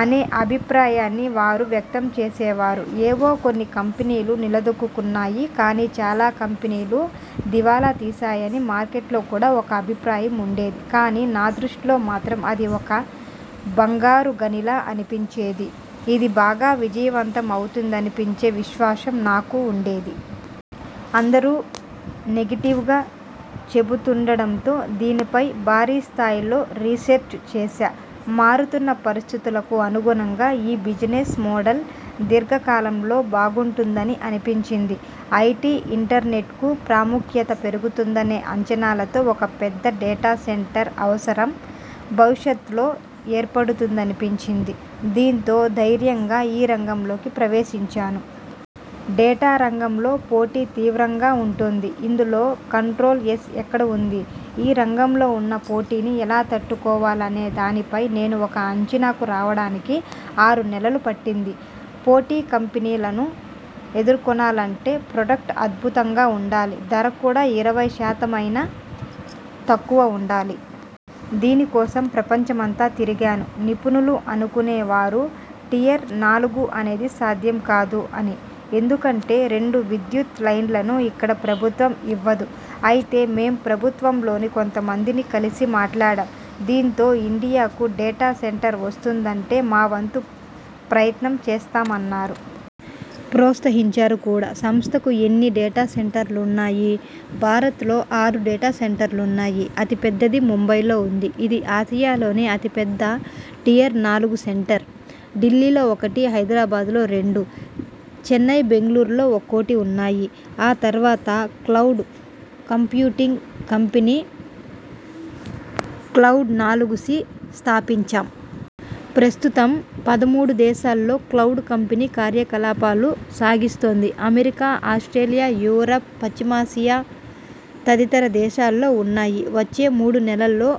అనే అభిప్రాయాన్ని వారు వ్యక్తం చేసేవారు. ఏవో కొన్ని కంపెనీలు నిలదొక్కుకున్నాయి కాని చాలా కంపెనీలు దివాలా తీశాయని మార్కెట్లో కూడా ఒక అభిప్రాయం ఉండేది. కాని నా దృష్టిలో మాత్రం అది ఒక బంగారు గనిలా అనిపించేది. ఇది బాగా విజయవంతం అవుతుందనిపించే విశ్వాసం నాకు ఉండేది. అందరు నెగిటివ్గా చెబుతుండటంతో దీనిపై భారీ స్థాయిలో రీసెర్చ్ చేశా. మారుతున్న పరిస్థితులకు అనుగుణంగా ఈ బిజినెస్ మోడల్ దీర్ఘకాలంలో బాగుంటుందని అనిపించింది. ఐటి, ఇంటర్నెట్కు ప్రాముఖ్యత పెరుగుతుందనే అంచనాలతో ఒక పెద్ద డేటా సెంటర్ అవసరం భవిష్యత్లో ఏర్పడుతుందనిపించింది. దీంతో ధైర్యంగా ఈ రంగంలోకి ప్రవేశించాను. డేటా రంగంలో పోటీ తీవ్రంగా ఉంటోంది. ఇందులో కంట్రోల్ఎస్ ఎక్కడ ఉంది? ఈ రంగంలో ఉన్న పోటీని ఎలా తట్టుకోవాలనే దానిపై నేను ఒక అంచనాకు రావటానికి ఆరు నెలలు పట్టింది. పోటీ కంపెనీలను ఎదుర్కొనాలంటే ప్రొడక్ట్ అద్భుతంగా ఉండాలి. ధర కూడా ఇరవై శాతమైన తక్కువ ఉండాలి. దీని కోసం ప్రపంచమంతా తిరిగాను. నిపుణులు అనుకునే వారు టియర్ నాలుగు అనేది సాధ్యం కాదు అని. ఎందుకంటే రెండు విద్యుత్ లైన్లను ఇక్కడ ప్రభుత్వం ఇవ్వదు. అయితే మేం ప్రభుత్వంలోని కొంతమందిని కలిసి మాట్లాడాం. దీంతో ఇండియాకు డేటా సెంటర్ వస్తుందంటే మా వంతు ప్రయత్నం చేస్తామన్నారు. ప్రోత్సహించారు కూడా. సంస్థకు ఎన్ని డేటా సెంటర్లున్నాయి? భారత్ లో ఆరు డేటా సెంటర్లున్నాయి. అతిపెద్దది ముంబైలో ఉంది. ఇది ఆసియాలోనే అతిపెద్ద టియర్ నాలుగు సెంటర్. ఢిల్లీలో ఒకటి, హైదరాబాద్లో రెండు, చెన్నై, బెంగళూరులో ఒక్కోటి ఉన్నాయి. ఆ తర్వాత క్లౌడ్ కంప్యూటింగ్ కంపెనీ క్లౌడ్నాలుగుసి స్థాపించాం. ప్రస్తుతం పదమూడు దేశాల్లో క్లౌడ్ కంపెనీ కార్యకలాపాలు సాగిస్తోంది. అమెరికా, ఆస్ట్రేలియా, యూరప్, పశ్చిమాసియా తదితర దేశాల్లో ఉన్నాయి. వచ్చే మూడు నెలల్లో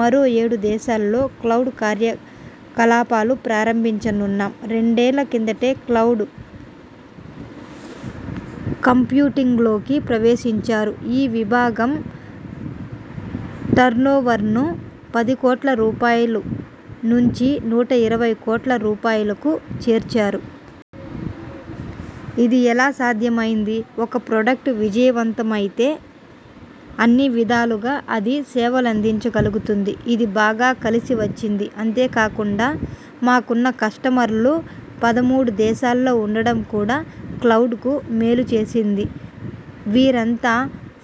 మరో ఏడు దేశాల్లో క్లౌడ్ కార్యకలాపాలు ప్రారంభించనున్నాం. రెండేళ్ల కిందటే క్లౌడ్ కంప్యూటింగ్లోకి ప్రవేశించారు. ఈ విభాగం టర్నోవర్ను పది కోట్ల రూపాయలు నుంచి నూట ఇరవై కోట్ల రూపాయలకు చేర్చారు. ఇది ఎలా సాధ్యమైంది? ఒక ప్రొడక్ట్ విజయవంతమైతే అన్ని విధాలుగా అది సేవలందించగలుగుతుంది. ఇది బాగా కలిసి వచ్చింది. అంతేకాకుండా మాకున్న కస్టమర్లు పదమూడు దేశాల్లో ఉండటం కూడా క్లౌడ్కు మేలు చేసింది. వీరంతా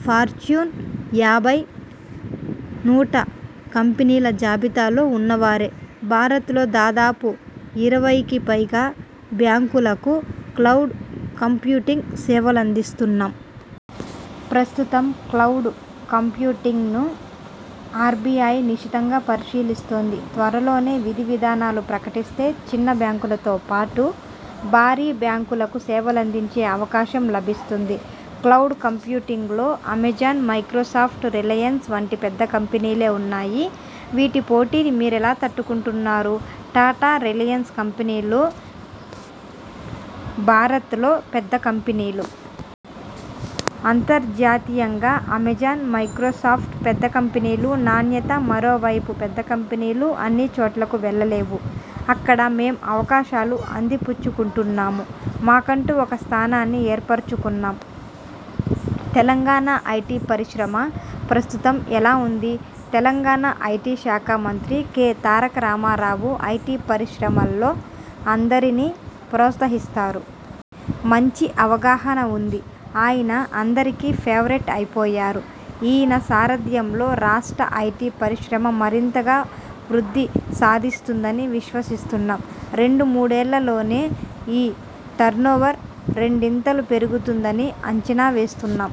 ఫార్చూన్, యాభై, నూట కంపెనీల జాబితాలో ఉన్నవారే. భారత్లో దాదాపు ఇరవైకి పైగా బ్యాంకులకు క్లౌడ్ కంప్యూటింగ్ సేవలందిస్తున్నాం. ప్రస్తుతం క్లౌడ్ కంప్యూటింగ్ను ఆర్బిఐ నిశితంగా పరిశీలిస్తోంది. త్వరలోనే విధి విధానాలు ప్రకటిస్తే చిన్న బ్యాంకులతో పాటు భారీ బ్యాంకులకు సేవలందించే అవకాశం లభిస్తుంది. క్లౌడ్ కంప్యూటింగ్లో అమెజాన్, మైక్రోసాఫ్ట్, రిలయన్స్ వంటి పెద్ద కంపెనీలే ఉన్నాయి. వీటి పోటీని మీరెలా తట్టుకుంటున్నారు? టాటా, రిలయన్స్ కంపెనీలు భారత్లో పెద్ద కంపెనీలు. అంతర్జాతీయంగా అమెజాన్, మైక్రోసాఫ్ట్ పెద్ద కంపెనీలు, నాణ్యత, మరోవైపు పెద్ద కంపెనీలు అన్ని చోట్లకు వెళ్లలేవు. అక్కడ మేం అవకాశాలు అందిపుచ్చుకుంటున్నాం. మాకంటూ ఒక స్థానాన్ని ఏర్పరచుకున్నాం. తెలంగాణ ఐటి పరిశ్రమ ప్రస్తుతం ఎలా ఉంది? తెలంగాణ ఐటి శాఖ మంత్రి కె తారక రామారావు ఐటి పరిశ్రమలో అందరిని ప్రోత్సహిస్తారు. మంచి అవగాహన ఉంది. అయన అందరికీ ఫేవరేట్ అయిపోయారు. ఈయన సారథ్యంలో రాష్ట్ర ఐటి పరిశ్రమ మరింతగా వృద్ధి సాధిస్తుందని విశ్వసిస్తున్నాం. రెండు మూడేళ్లలోనే ఈ టర్నోవర్ రెండింతలు పెరుగుతుందని అంచనా వేస్తున్నాం.